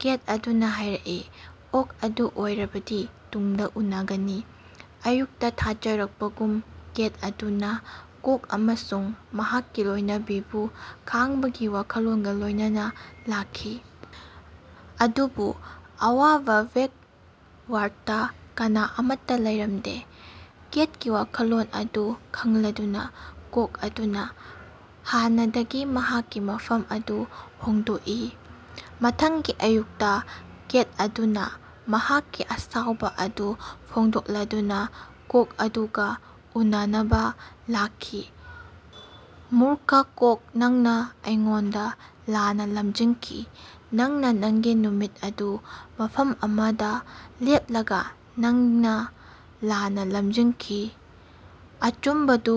ꯀꯦꯠ ꯑꯗꯨꯅꯥ ꯍꯥꯏꯔꯛꯏ ꯑꯣꯛ ꯑꯗꯨ ꯑꯣꯏꯔꯕꯗꯤ ꯇꯨꯡꯗꯥ ꯎꯅꯒꯅꯤ꯫ ꯑꯌꯨꯛꯇꯥ ꯊꯥꯖꯔꯛꯄꯒꯨꯝ ꯀꯦꯠ ꯑꯗꯨꯅꯥ ꯀꯣꯛ ꯑꯃꯁꯨꯡ ꯃꯍꯥꯛꯀꯤ ꯂꯣꯏꯅꯕꯤꯕꯨ ꯈꯥꯡꯕꯒꯤ ꯋꯥꯈꯜꯂꯣꯟꯒꯥ ꯂꯣꯏꯅꯅꯥ ꯂꯥꯛꯈꯤ꯫ ꯑꯗꯨꯕꯨ ꯑꯋꯥꯕꯥ ꯕꯦꯀꯌꯥꯔꯗꯇꯥ ꯀꯅꯥ ꯑꯃꯠꯇꯥ ꯂꯩꯔꯝꯗꯦ꯫ ꯀꯦꯠꯀꯤ ꯋꯥꯈꯜꯂꯣꯟ ꯑꯗꯨ ꯈꯪꯂꯗꯨꯅꯥ ꯀꯣꯛ ꯑꯗꯨꯅꯥ ꯍꯥꯟꯅꯗꯒꯤ ꯃꯍꯥꯛꯀꯤ ꯃꯐꯝ ꯑꯗꯨ ꯍꯣꯡꯗꯣꯛꯏ꯫ ꯃꯊꯪꯒꯤ ꯑꯌꯨꯛꯇꯥ ꯀꯦꯠ ꯑꯗꯨꯅꯥ ꯃꯍꯥꯛꯀꯤ ꯑꯁꯥꯎꯕꯥ ꯑꯗꯨ ꯐꯣꯡꯗꯣꯛꯂꯗꯨꯅꯥ ꯀꯣꯛ ꯑꯗꯨꯒꯥ ꯎꯅꯅꯕꯥ ꯂꯥꯛꯈꯤ ꯃꯨꯔꯈ ꯀꯣꯛ ꯅꯪꯅꯥ ꯑꯩꯉꯣꯟꯗꯥ ꯂꯥꯟꯅꯥ ꯂꯝꯖꯤꯡꯈꯤ ꯅꯪꯅꯥ ꯅꯉꯒꯤ ꯅꯨꯃꯤꯠ ꯑꯗꯨ ꯃꯐꯝ ꯑꯃꯗꯥ ꯂꯦꯞꯂꯒꯥ ꯅꯪꯅꯥ ꯂꯥꯟꯅꯥ ꯂꯝꯖꯤꯡꯈꯤ꯫ ꯑꯆꯨꯝꯕꯗꯨ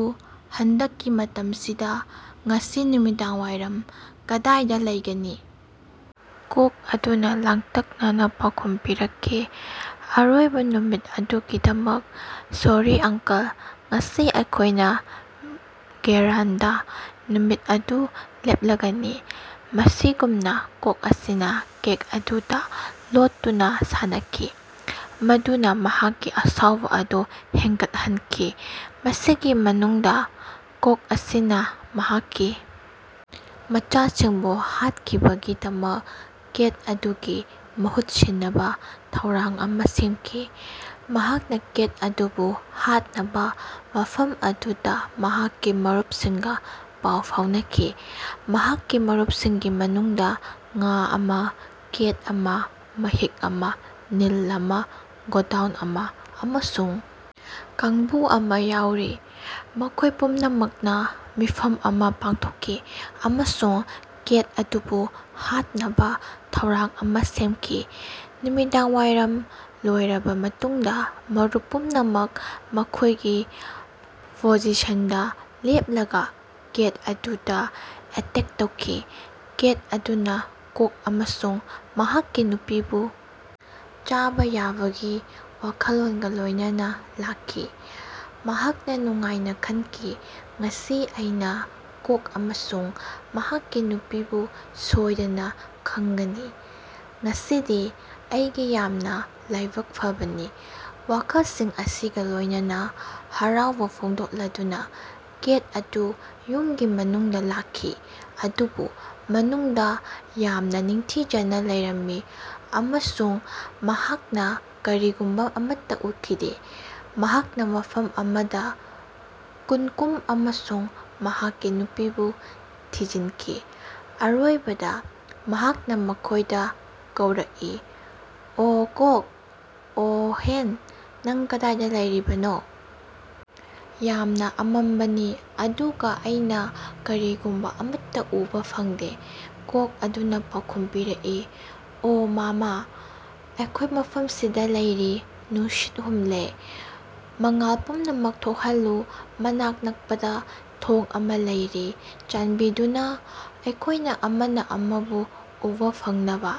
ꯍꯟꯗꯛꯀꯤ ꯃꯇꯝꯁꯤꯗꯥ ꯉꯁꯤ ꯅꯨꯃꯤꯗꯥꯡꯋꯥꯏꯔꯝ ꯀꯗꯥꯏꯗꯥ ꯂꯩꯒꯅꯤ? ꯀꯣꯛ ꯑꯗꯨꯅꯥ ꯂꯥꯡꯇꯛꯅꯅꯥ ꯄꯥꯎꯈꯨꯝ ꯄꯤꯔꯛꯈꯤ ꯑꯔꯣꯏꯕꯥ ꯅꯨꯃꯤꯠ ꯑꯗꯨꯒꯤꯗꯃꯛ ꯁꯣꯔꯤ ꯑꯥꯡꯀꯜ ꯉꯁꯤ ꯑꯩꯈꯣꯏꯅꯥ ꯚꯦꯔꯥꯟꯗꯥ ꯅꯨꯃꯤꯠ ꯑꯗꯨ ꯂꯦꯞꯂꯒꯅꯤ꯫ ꯃꯁꯤꯒꯨꯝꯅꯥ ꯀꯣꯛ ꯑꯁꯤꯅꯥ ꯀꯦꯠ ꯑꯗꯨꯗꯥ ꯂꯣꯠꯇꯨꯅꯥ ꯁꯥꯟꯅꯈꯤ ꯃꯗꯨꯅꯥ ꯃꯍꯥꯛꯀꯤ ꯑꯁꯥꯎꯕꯥ ꯑꯗꯨ ꯍꯦꯟꯒꯠꯍꯟꯈꯤ꯫ ꯃꯁꯤꯒꯤ ꯃꯅꯨꯡꯗꯥ ꯀꯣꯛ ꯑꯁꯤꯅꯥ ꯃꯍꯥꯛꯀꯤ ꯃꯆꯥꯁꯤꯡꯕꯨ ꯍꯥꯠꯈꯤꯕꯒꯤꯗꯃꯛ ꯀꯦꯠ ꯑꯗꯨꯒꯤ ꯃꯍꯨꯠ ꯁꯤꯟꯅꯕꯥ ꯊꯧꯔꯥꯡ ꯑꯃꯥ ꯁꯦꯝꯈꯤ꯫ ꯃꯍꯥꯛꯅꯥ ꯀꯦꯠ ꯑꯗꯨꯕꯨ ꯍꯥꯠꯅꯕꯥ ꯃꯐꯝ ꯑꯗꯨꯗꯥ ꯃꯍꯥꯛꯀꯤ ꯃꯔꯨꯞꯁꯤꯡꯒꯥ ꯄꯥꯎ ꯐꯥꯎꯅꯈꯤ꯫ ꯃꯍꯥꯛꯀꯤ ꯃꯔꯨꯞꯁꯤꯡꯒꯤ ꯃꯅꯨꯡꯗꯥ ꯉꯥ ꯑꯃꯥ ꯀꯦꯛ ꯑꯃꯥ ꯃꯍꯤꯛ ꯑꯃꯥ ꯅꯤꯜ ꯑꯃꯥ ꯒꯣꯗꯥꯎꯟ ꯑꯃꯥ ꯑꯃꯁꯨꯡ ꯀꯥꯡꯕꯨ ꯑꯃꯥ ꯌꯥꯎꯔꯤ꯫ ꯃꯈꯣꯏ ꯄꯨꯝꯅꯃꯛꯅꯥ ꯃꯤꯐꯝ ꯑꯃꯥ ꯄꯥꯡꯊꯣꯛꯈꯤ ꯑꯃꯁꯨꯡ ꯀꯦꯠ ꯑꯗꯨꯕꯨ ꯍꯥꯠꯅꯕꯥ ꯊꯧꯔꯥꯡ ꯑꯃꯥ ꯁꯦꯝꯈꯤ꯫ ꯅꯨꯃꯤꯗꯥꯡꯋꯥꯏꯔꯝ ꯂꯣꯏꯔꯕꯥ ꯃꯇꯨꯡꯗꯥ ꯃꯔꯨꯞ ꯄꯨꯝꯅꯃꯛ ꯃꯈꯣꯏꯒꯤ ꯄꯣꯖꯤꯁꯟꯗꯥ ꯂꯦꯞꯂꯒꯥ ꯀꯦꯠ ꯑꯗꯨꯗꯥ ꯑꯦꯇꯦꯛ ꯇꯧꯈꯤ꯫ ꯀꯦꯠ ꯑꯗꯨꯅꯥ ꯀꯣꯛ ꯑꯃꯁꯨꯡ ꯃꯍꯥꯛꯀꯤ ꯅꯨꯄꯤꯕꯨ ꯆꯥꯕꯥ ꯌꯥꯕꯒꯤ ꯋꯥꯈꯜꯂꯣꯟꯒꯥ ꯂꯣꯏꯅꯅꯥ ꯂꯥꯛꯈꯤ꯫ ꯃꯍꯥꯛꯅꯥ ꯅꯨꯡꯉꯥꯏꯅꯥ ꯈꯟꯈꯤ ꯉꯁꯤ ꯑꯩꯅꯥ ꯀꯣꯛ ꯑꯃꯁꯨꯡ ꯃꯍꯥꯛꯀꯤ ꯅꯨꯄꯤꯕꯨ ꯁꯣꯏꯗꯅꯥ ꯈꯥꯡꯒꯅꯤ ꯉꯁꯤꯗꯤ ꯑꯩꯒꯤ ꯌꯥꯝꯅꯥ ꯂꯥꯏꯕꯛ ꯐꯕꯅꯤ꯫ ꯋꯥꯈꯜꯁꯤꯡ ꯑꯁꯤꯒꯥ ꯂꯣꯏꯅꯅꯥ ꯍꯔꯥꯎꯕꯥ ꯐꯣꯡꯗꯣꯛꯂꯗꯨꯅꯥ ꯀꯦꯠ ꯑꯗꯨ ꯌꯨꯝꯒꯤ ꯃꯅꯨꯡꯗꯥ ꯂꯥꯛꯈꯤ꯫ ꯑꯗꯨꯕꯨ ꯃꯅꯨꯡꯗꯥ ꯌꯥꯝꯅꯥ ꯅꯤꯡꯊꯤꯖꯅꯥ ꯂꯩꯔꯝꯃꯤ ꯑꯃꯁꯨꯡ ꯃꯍꯥꯛꯅꯥ ꯀꯔꯤꯒꯨꯝꯕꯥ ꯑꯃꯠꯇꯥ ꯎꯈꯤꯗꯦ꯫ ꯃꯍꯥꯛꯅꯥ ꯃꯐꯝ ꯑꯃꯗꯥ ꯀꯨꯀꯨꯝ ꯑꯃꯁꯨꯡ ꯃꯍꯥꯛꯀꯤ ꯅꯨꯄꯤꯕꯨ ꯊꯤꯖꯤꯟꯈꯤ꯫ ꯑꯔꯣꯏꯕꯗꯥ ꯃꯍꯥꯛꯅꯥ ꯃꯈꯣꯏꯗꯥ ꯀꯧꯔꯛꯏ ꯑꯣ ꯀꯣꯛ ꯑꯣ ꯍꯦꯟ ꯅꯪ ꯀꯗꯥꯏꯗꯥ ꯂꯩꯔꯤꯕꯅꯣ? ꯌꯥꯝꯅꯥ ꯑꯃꯝꯕꯅꯤ ꯑꯗꯨꯒꯥ ꯑꯩꯅꯥ ꯀꯔꯤꯒꯨꯝꯕꯥ ꯑꯃꯠꯇꯥ ꯎꯕꯥ ꯐꯪꯗꯦ ꯀꯣꯛ ꯑꯗꯨꯅꯥ ꯄꯥꯎꯈꯨꯝ ꯄꯤꯔꯛꯏ ꯑꯣ ꯃꯥꯃꯥ ꯑꯩꯈꯣꯏ ꯃꯐꯝꯁꯤꯗꯥ ꯂꯩꯔꯤ ꯅꯨꯡꯁꯤꯠ ꯍꯨꯝꯂꯦ꯫ ꯃꯉꯥꯜ ꯄꯨꯝꯅꯃꯛ ꯊꯣꯛꯍꯜꯂꯨ ꯃꯅꯥꯛ ꯅꯛꯄꯗꯥ ꯊꯣꯡ ꯑꯃꯥ ꯂꯩꯔꯤ ꯆꯥꯟꯕꯤꯗꯨꯅꯥ ꯑꯩꯈꯣꯏꯅꯥ ꯑꯃꯅꯥ ꯑꯃꯕꯨ ꯎꯕꯥ ꯐꯪꯅꯕꯥ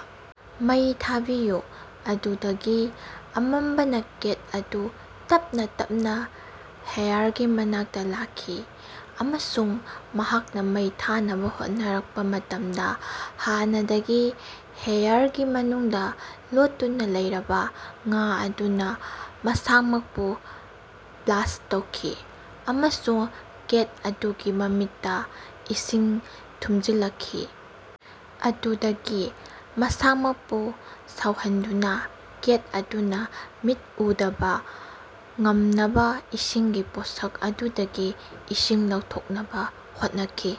ꯃꯩ ꯊꯥꯕꯤꯌꯨ꯫ ꯑꯗꯨꯗꯒꯤ ꯑꯃꯝꯕꯅ ꯀꯦꯠ ꯑꯗꯨ ꯇꯞꯅꯥ ꯇꯞꯅꯥ ꯍꯦꯌꯥꯔꯒꯤ ꯃꯅꯥꯛꯇꯥ ꯂꯥꯛꯈꯤ ꯑꯃꯁꯨꯡ ꯃꯍꯥꯛꯅꯥ ꯃꯩ ꯊꯥꯅꯕꯥ ꯍꯣꯠꯅꯔꯛꯄꯥ ꯃꯇꯝꯗꯥ ꯍꯥꯟꯅꯗꯒꯤ ꯍꯦꯌꯥꯔꯒꯤ ꯃꯅꯨꯡꯗꯥ ꯂꯣꯠꯇꯨꯅꯥ ꯂꯩꯔꯕꯥ ꯉꯥ ꯑꯗꯨꯅꯥ ꯃꯁꯥꯃꯛꯄꯨ ꯕ꯭ꯂꯥꯁ꯭ꯠ ꯇꯧꯈꯤ ꯑꯃꯁꯨꯡ ꯀꯦꯠ ꯑꯗꯨꯒꯤ ꯃꯃꯤꯠꯇꯥ ꯏꯁꯤꯡ ꯊꯨꯝꯖꯤꯜꯂꯛꯈꯤ꯫ ꯑꯗꯨꯗꯒꯤ ꯃꯁꯥꯃꯛꯄꯨ ꯁꯥꯎꯍꯟꯗꯨꯅꯥ ꯀꯦꯠ ꯑꯗꯨꯅꯥ ꯃꯤꯠ ꯎꯗꯕꯥ ꯉꯝꯅꯕꯥ ꯏꯁꯤꯡꯒꯤ ꯄꯣꯠꯁꯛ ꯑꯗꯨꯗꯒꯤ ꯏꯁꯤꯡ ꯂꯧꯊꯣꯛꯅꯕꯥ ꯍꯣꯠꯅꯈꯤ꯫